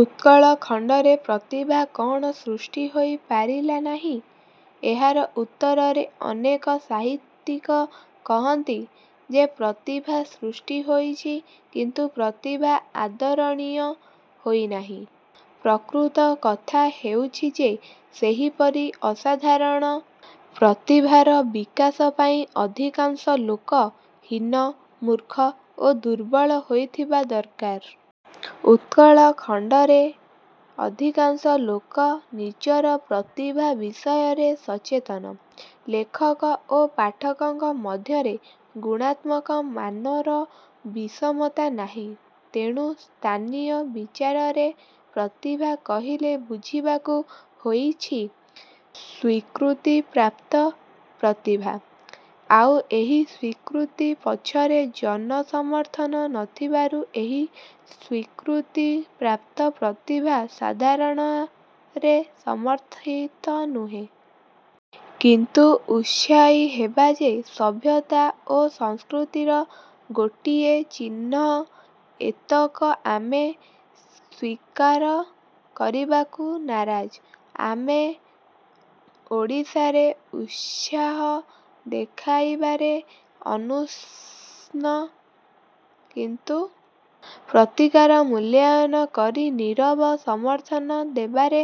ଉତ୍କଳ ଖଣ୍ତରେ ପ୍ରତିଭା କ'ଣ ସୃଷ୍ଟି ହୋଇ ପାରିଲା ନାହିଁ-? ଏହାର ଉତ୍ତରରେ ଅନେକ ସାହିତ୍ୟିକ କହନ୍ତି ଯେ ପ୍ରତିଭା ସୃଷ୍ଟି ହୋଇଛି କିନ୍ତୁ ପ୍ରତିଭା ଆଦରଣୀୟ ହୋଇ ନାହିଁ। ପ୍ରକୃତ କଥା ହେଉଛି ଯେ ସେହିପରି ଅସାଧାରଣ ପ୍ରତିଭାର ବିକାଶ ପାଇଁ ଅଧିକାଂଶ ଲୋକ ହୀନ, ମୂର୍ଖ ଓ ଦୁର୍ବଳ ହେଇଥିବା ଦରକାର। ଉତ୍କଳ ଖଣ୍ତରେ ଅଧିକାଂଶ ଲୋକ ନିଜର ପ୍ରତିଭା ବିଷୟରେ ସଚେତନ। ଲେଖକ ଓ ପାଠକଙ୍କ ମଧ୍ୟରେ ଗୁଣାତ୍ମକ ମାନର ବିଷମତା ନାହିଁ। ତେଣୁ ସ୍ଥାନୀୟ ବିଚାରରେ ପ୍ରତିଭା କହିଲେ ବୁଝିବାକୁ ହୋଇଛି ସ୍ୱୀକୃତିପ୍ରାପ୍ତ ପ୍ରତିଭା। ଆଉ ଏହି ସ୍ୱୀକୃତି ପଛରେ ଜନ ସମର୍ଥନ ନଥିବାରୁ ଏହି ସ୍ୱୀକୃତିପ୍ରାପ୍ତ ପ୍ରତିଭା ସାଧାରଣରେ ସମର୍ଥିତ ନୁହେଁ। କିନ୍ତୁ ଉତ୍ସାହୀ ହେବା ଯେ ସଭ୍ୟତା ଓ ସଂସ୍କୃତିର ଗୋଟିଏ ଚିହ୍ନ-ଏତକ ଆମେ ସ୍ୱୀକାର କରିବାକୁ ନାରାଜ। ଆମେ ଓଡ଼ିଶାରେ ଉତ୍ସାହ ଦେଖାଇବାରେ ଅନୁଷ୍ଣ କିନ୍ତୁ ପ୍ରତିଭାର ମୂଲ୍ୟାୟନ କରି ନିରବ ସମର୍ଥନ ଦେବାରେ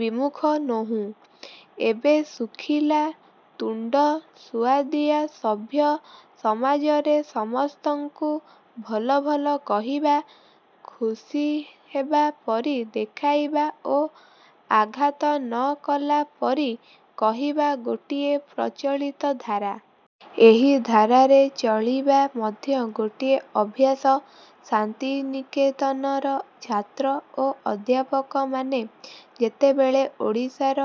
ବିମୁଖ ନୋହୁଁ। ଏବେ ଶୁଖିଲା ତୁଣ୍ତ-ସୁଆଦିଆ ସଭ୍ୟ ସମାଜରେ ସମସ୍ତଙ୍କୁ ଭଲ-ଭଲ କହିବା, ଖୁସି ହେବା ପରି ଦେଖାଇବା ଓ ଆଘାତ ନ କଲା ପରି କହିବା ଗୋଟିଏ ପ୍ରଚଳିତ ଧାରା। ଏହି ଧାରାରେ ଚଳିବା ମଧ୍ୟ ଗୋଟିଏ ଅଭ୍ୟାସ। ଶାନ୍ତିନିକେତନର ଛାତ୍ର ଓ ଅଧ୍ୟାପକମାନେ ଯେତେବେଳେ ଓଡ଼ିଶାର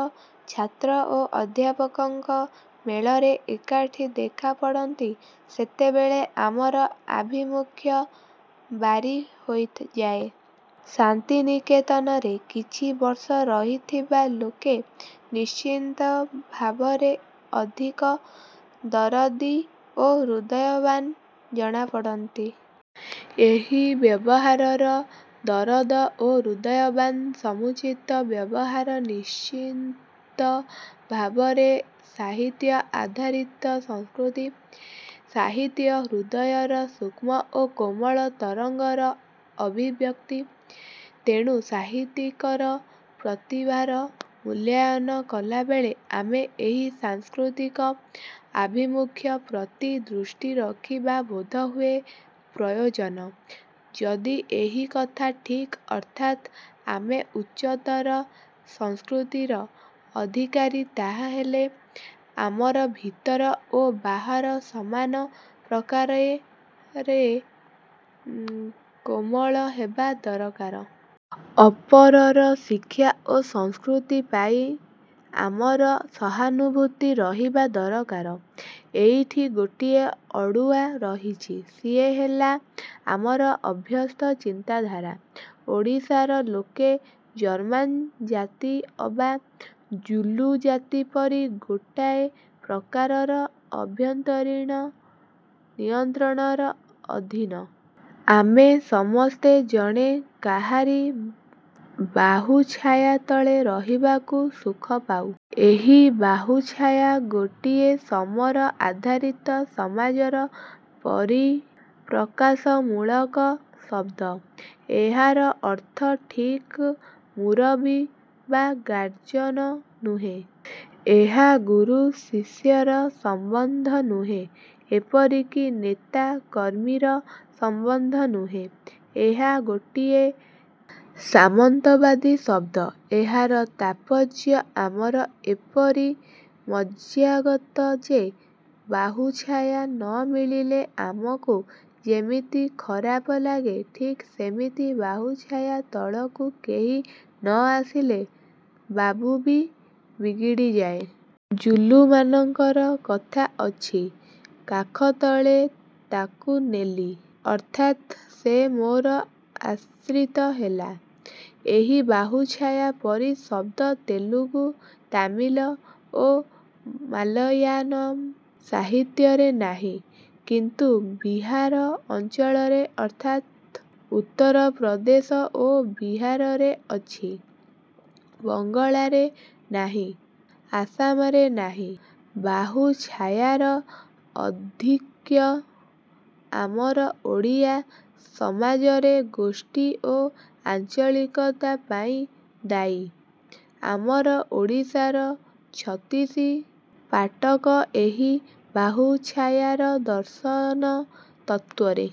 ଛାତ୍ର ଓ ଅଧ୍ୟାପକଙ୍କ ମେଳରେ ଏକାଠି ଦେଖା ପଡ଼ନ୍ତି ସେତେବେଳେ ଆମର ଆଭିମୁଖ୍ୟ ବାରି ହୋଇଯାଏ-। ଶାନ୍ତିନିକେତନରେ କିଛି ବର୍ଷ ରହିଥିବା ଲୋକେ ନିଶ୍ଚିତ ଭାବରେ ଅଧିକ ଦରଦୀ ଓ ହୃଦୟବାନ ଜଣାପଡ଼ନ୍ତି। ଏହି ବ୍ୟବହାରର ଦରଦ ଓ ହୃଦୟବାନ୍-ସମୁଚିତ ବ୍ୟବହାର ନିଶ୍ଚିତ ଭାବରେ ସାହିତ୍ୟ-ଆଧାରିତ ସଂସ୍କୃତି। ସାହିତ୍ୟ ହୃଦୟର ସୂକ୍ଷ୍ମ ଓ କୋମଳ ତରଙ୍ଗର ଅଭିବ୍ୟକ୍ତି। ତେଣୁ ସାହିତ୍ୟିକର ପ୍ରତିଭାର ମୂଲ୍ୟାୟନ କଲାବେଳେ ଆମେ ଏହି ସାଂସ୍କୃତିକ ଆଭିମୁଖ୍ୟ ପ୍ରତି ଦୃଷ୍ଟି ରଖିବା ବୋଧହୁଏ ପ୍ରୟୋଜନ। ଯଦି ଏହି କଥା ଠିକ୍ ଅର୍ଥାତ୍ ଆମେ ଉଚ୍ଚତର ସଂସ୍କୃତିର ଅଧିକାରୀ ତାହାହେଲେ ଆମର ଭିତର ଓ ବାହାର ସମାନ ପ୍ରକାରରେ କୋମଳ ହେବା ଦରକାର। ଅପରର ଶିକ୍ଷା ଓ ସଂସ୍କୃତି ପାଇଁ ଆମର ସହାନୁଭୂତି ରହିବା ଦରକାର। ଏଇଠି ଗୋଟିଏ ଅଡ଼ୁଆ ରହିଛି-ସିଏ ହେଲା ଆମର ଅଭ୍ୟସ୍ତ ଚିନ୍ତାଧାରା। ଓଡ଼ିଶାର ଲୋକେ ଜର୍ମାନ ଜାତି ଅବା ଜୁଲୁ ଜାତି ପରି ଗୋଟାଏ ପ୍ରକାରର ଆଭ୍ୟନ୍ତରୀଣ ନିୟନ୍ତ୍ରଣର ଅଧୀନ। ଆମେ ସମସ୍ତେ ଜଣେ କାହାରି ବାହୁଛାୟା ତଳେ ରହିବାକୁ ସୁଖ ପାଉ। ଏହି ବାହୁଛାୟା ଗୋଟିଏ ସମର-ଆଧାରିତ ସମାଜର ପରି ପ୍ରକାଶମୂଳକ ଶଦ୍ଦ। ଏହାର ଅର୍ଥ ଠିକ୍ ମୂରବି ବା ଗାର୍ଜନ ନୁହେଁ। ଏହା ଗୁରୁ-ଶିଷ୍ୟର ସମ୍ୱନ୍ଧ ନୁହେଁ। ଏପରିକି ନେତା-କର୍ମୀର ସମ୍ୱନ୍ଧ ନୁହେଁ। ଏହା ଗୋଟିଏ ସାମନ୍ତବାଦୀ ଶଦ୍ଦ। ଏହାର ତାତ୍ପର୍ଯ୍ୟ ଆମର ଏପରି ମଜ୍ଜାଗତ ଯେ ବାହୁଛାୟା ନ ମିଳିଲେ ଆମକୁ ଯେମିତି ଖରାପ ଲାଗେ ଠିକ୍ ସେମିତି ବାହୁଛାୟା ତଳକୁ କେହି ନ ଆସିଲେ ବାବୁ ବି ବିଗିଡ଼ିଯାଏ। ଜୁଲୁମାନଙ୍କର କଥା ଅଛି-କାଖତଳେ ତା'କୁ ନେଲି। ଅର୍ଥାତ୍ ସେ ମୋର ଆଶ୍ରିତ ହେଲା। ଏହି ବାହୁଛାୟା ପରି ଶଦ୍ଦ ତେଲୁଗୁ, ତାମିଲ ଓ ମାଲୟାଲମ ସାହିତ୍ୟରେ ନାହିଁ। କିନ୍ତୁ ବିହାର ଅଞ୍ଚଳରେ ଅର୍ଥାତ୍ ଉତ୍ତର ପ୍ରଦେଶ ଓ ବିହାରରେ ଅଛି। ବଙ୍ଗଳାରେ ନାହିଁ-ଆସାମରେ ନାହିଁ। ବାହୁଛାୟାର ଆଧିକ୍ୟ ଆମର ଓଡ଼ିଆ ସମାଜରେ ଗୋଷ୍ଠୀ ଓ ଆଞ୍ଚଳିକତା ପାଇଁ ଦାୟୀ-। ଆମର ଓଡ଼ିଶାର ଛତିଶି ପାଟକ ଏହି ବାହୁଛାୟାର ଦର୍ଶନ ତତ୍ତ୍ୱରେ